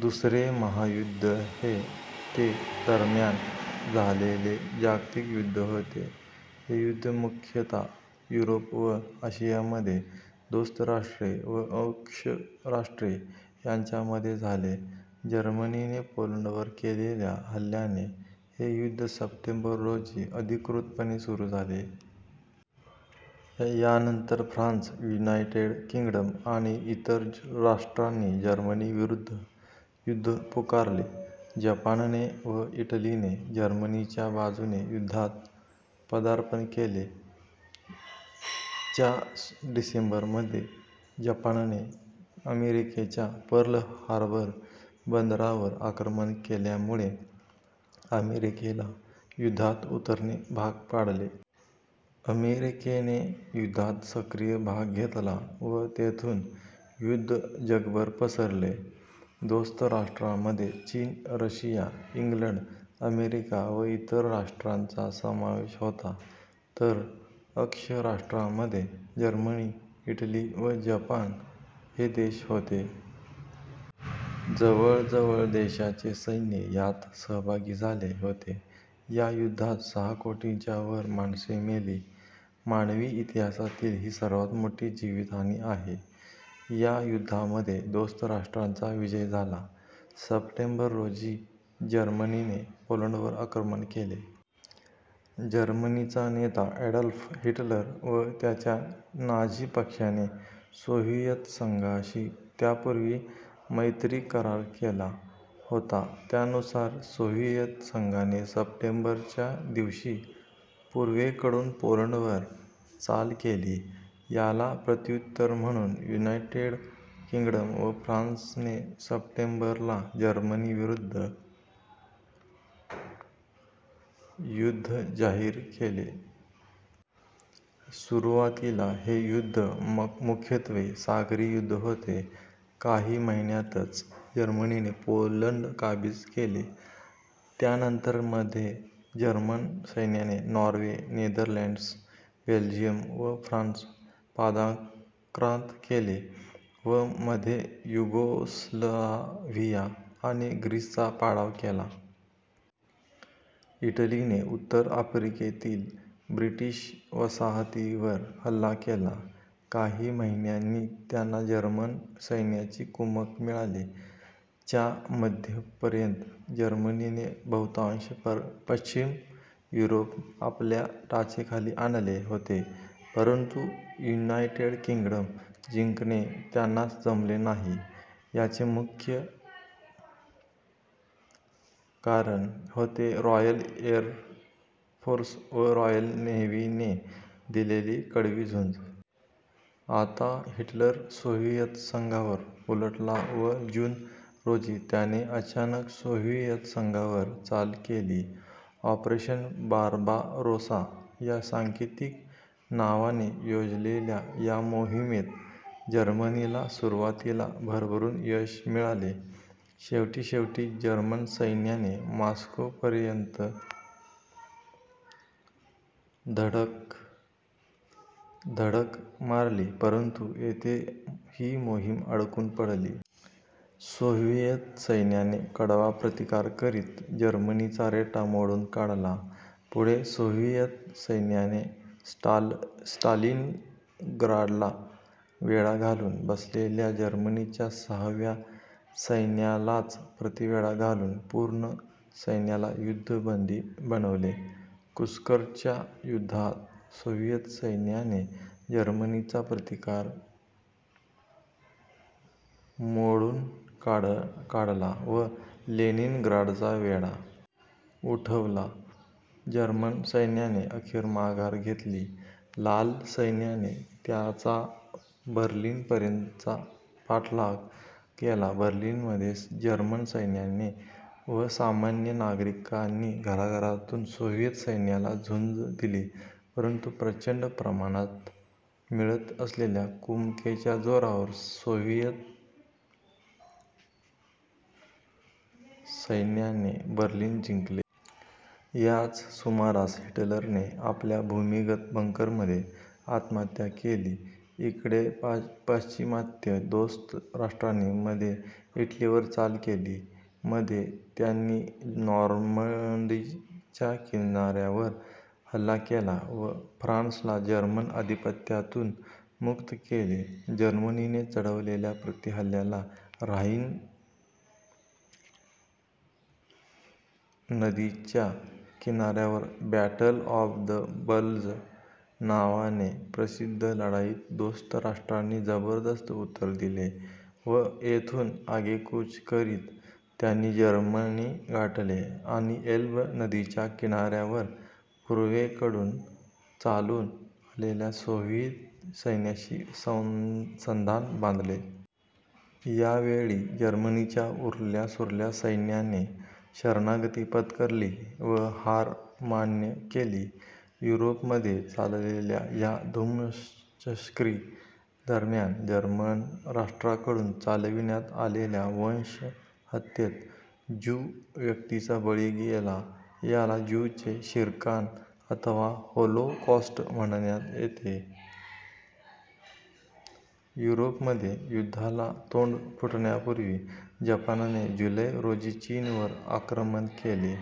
दुसरे महायुद्ध हे ते दरम्यान झालेले जागतिक युद्ध होते. हे युद्ध मुख्यतः युरोप व आशियामध्ये दोस्त राष्ट्रे व अक्ष राष्ट्रे यांच्या मध्ये झाले. जर्मनीने पोलंडवर केलेल्या हल्ल्याने हे युद्ध सप्टेंबर रोजी अधिकृतपणे सुरू झाले. यानंतर फ्रान्स, युनायटेड किंग्डम आणि इतर राष्ट्रांनी जर्मनी विरुद्ध युद्ध पुकारले. जपानने व इटलीने जर्मनीच्या बाजूने युद्धात पदार्पण केले. च्या डिसेंबरमध्ये जपानने अमेरिकेच्या पर्ल हार्बर बंदरावर आक्रमण केल्यामुळे अमेरिकेला युद्धात उतरणे भाग पाडले. अमेरिकेने युद्धात सक्रिय भाग घेतला व तेथून युद्ध जगभर पसरले. दोस्त राष्ट्रांमध्ये चीन, रशिया, इंग्लंड, अमेरिका व इतर राष्ट्रांचा समावेश होता, तर अक्ष राष्ट्रांमध्ये जर्मनी, इटली व जपान हे देश होते. जवळ जवळ देशांचे सैन्य यात सहभागी झाले होते. या युद्धात सहा कोटींच्यावर माणसे मेली. मानवी इतिहासातील ही सर्वांत मोठी जीवितहानी आहे. या युद्धामध्ये दोस्त राष्ट्रांचा विजय झाला. सप्टेंबर, रोजी जर्मनीने पोलंडवर आक्रमण केले. जर्मनीचा नेता ॲडॉल्फ हिटलर व त्याच्या नाझी पक्षाने सोव्हिएत संघाशी त्यापूर्वी मैत्री-करार केला होता. त्यानुसार सोव्हिएत संघाने सप्टेंबर च्या दिवशी पूर्वेकडून पोलंडवर चाल केली. याला प्रत्युत्तर म्हणून युनायटेड किंग्डम व फ्रान्सने सप्टेंबर ला जर्मनीविरुद्ध युद्ध जाहीर केले. सुरुवातीला हे युद्ध मुख्यत्वे सागरी युद्ध होते. काही महिन्यातच जर्मनीने पोलंड काबीज केले. त्यानंतर मध्ये जर्मन सैन्याने नॉर्वे, नेदरलँड्स, बेल्जियम व फ्रान्स पादाक्रांत केले व मध्ये युगोस्लाव्हिया आणि ग्रीसचा पाडाव केला. इटलीने उत्तर आफ्रिकेतील ब्रिटिश वसाहतींवर हल्ला केला. काही महिन्यांनी त्यांना जर्मन सैन्याची कुमक मिळाली. च्या मध्यापर्यंत जर्मनीने बहुतांश पश्चिम युरोप आपल्या टाचेखाली आणले होते परंतु युनायटेड किंग्डम जिंकणे त्यांना जमले नाही. याचे मुख्य कारण होते रॉयल एर फोर्स व रॉयल नेव्हीने दिलेली कडवी झुंज. आता हिटलर सोव्हिएत संघावर उलटला व जून, रोजी त्याने अचानक सोव्हिएत संघावर चाल केली. ऑपरेशन बार्बारोसा या सांकेतिक नावाने योजलेल्या या मोहिमेत जर्मनीला सुरुवातीला भरभरून यश मिळाले. शेवटीशेवटी जर्मन सैन्याने मॉस्कोपर्यंत धडक मारली परंतु येथे ही मोहीम अडकून पडली. सोव्हिएत सैन्याने कडवा प्रतिकार करीत जर्मनीचा रेटा मोडून काढला. पुढे सोव्हिएत सैन्याने स्टालिनग्राडला वेढा घालून बसलेल्या जर्मनीच्या सहाव्या सैन्यालाच प्रतिवेढा घालुन पूर्ण सैन्याला युद्धबंदी बनवले. कुर्स्कच्या युद्धात सोव्हिएत सैन्याने जर्मनीचा प्रतिकार मोडून काढला व लेनिनग्राडचा वेढा. उठवला. जर्मन सैन्याने अखेर माघार घेतली. लाल सैन्याने त्यांचा बर्लिनपर्यंत पाठलाग केला. बर्लिनमध्ये जर्मन सैन्याने व सामान्य नागरिकांनी घराघरातून सोव्हिएत सैन्याला झुंज दिली परंतु प्रचंड प्रमाणात मिळत असलेल्या कुमकेच्या जोरावर सोव्हिएत सैन्याने बर्लिन जिंकले. याच सुमारास हिटलरने आपल्या भूमिगत बंकरमध्ये आत्महत्त्या केली. इकडे पाश्चिमात्य दोस्त राष्ट्रांनी मध्ये इटलीवर चाल केली. मध्ये त्यांनी नॉर्मंडीच्या किनाऱ्यावर हल्ला केला व फ्रान्सला जर्मन आधिपत्यातून मुक्त केले. जर्मनीने चढवलेल्या प्रतिहल्ल्याला ऱ्हाईन नदीच्या किनाऱ्यावर बॅटल ऑफ द बल्ज नावाने प्रसिद्ध लढाईत दोस्त राष्ट्रांनी जबरदस्त उत्तर दिले व येथून आगेकूच करित त्यांनी जर्मनी गाठले आणि एल्ब नदीच्या किनाऱ्यावर पूर्वेकडून चालून आलेल्या सोव्हिएत सैन्याशी संधान बांधले. यावेळी जर्मनीच्या उरल्यासुरल्या सैन्याने शरणागती पत्करली व हार मान्य केली. युरोपमध्ये चाललेल्या या धुमश्चक्री दरम्यान जर्मन राष्ट्राकडून चालविण्यात आलेल्या वंश हत्येत ज्यू व्यक्तींचा बळी गेला. याला ज्यूंचे शिरकाण अथवा होलोकॉस्ट म्हणण्यात येते. युरोपमध्ये युद्धाला तोंड फुटण्यापूर्वी जपानने जुलै, रोजी चीनवर आक्रमण केले.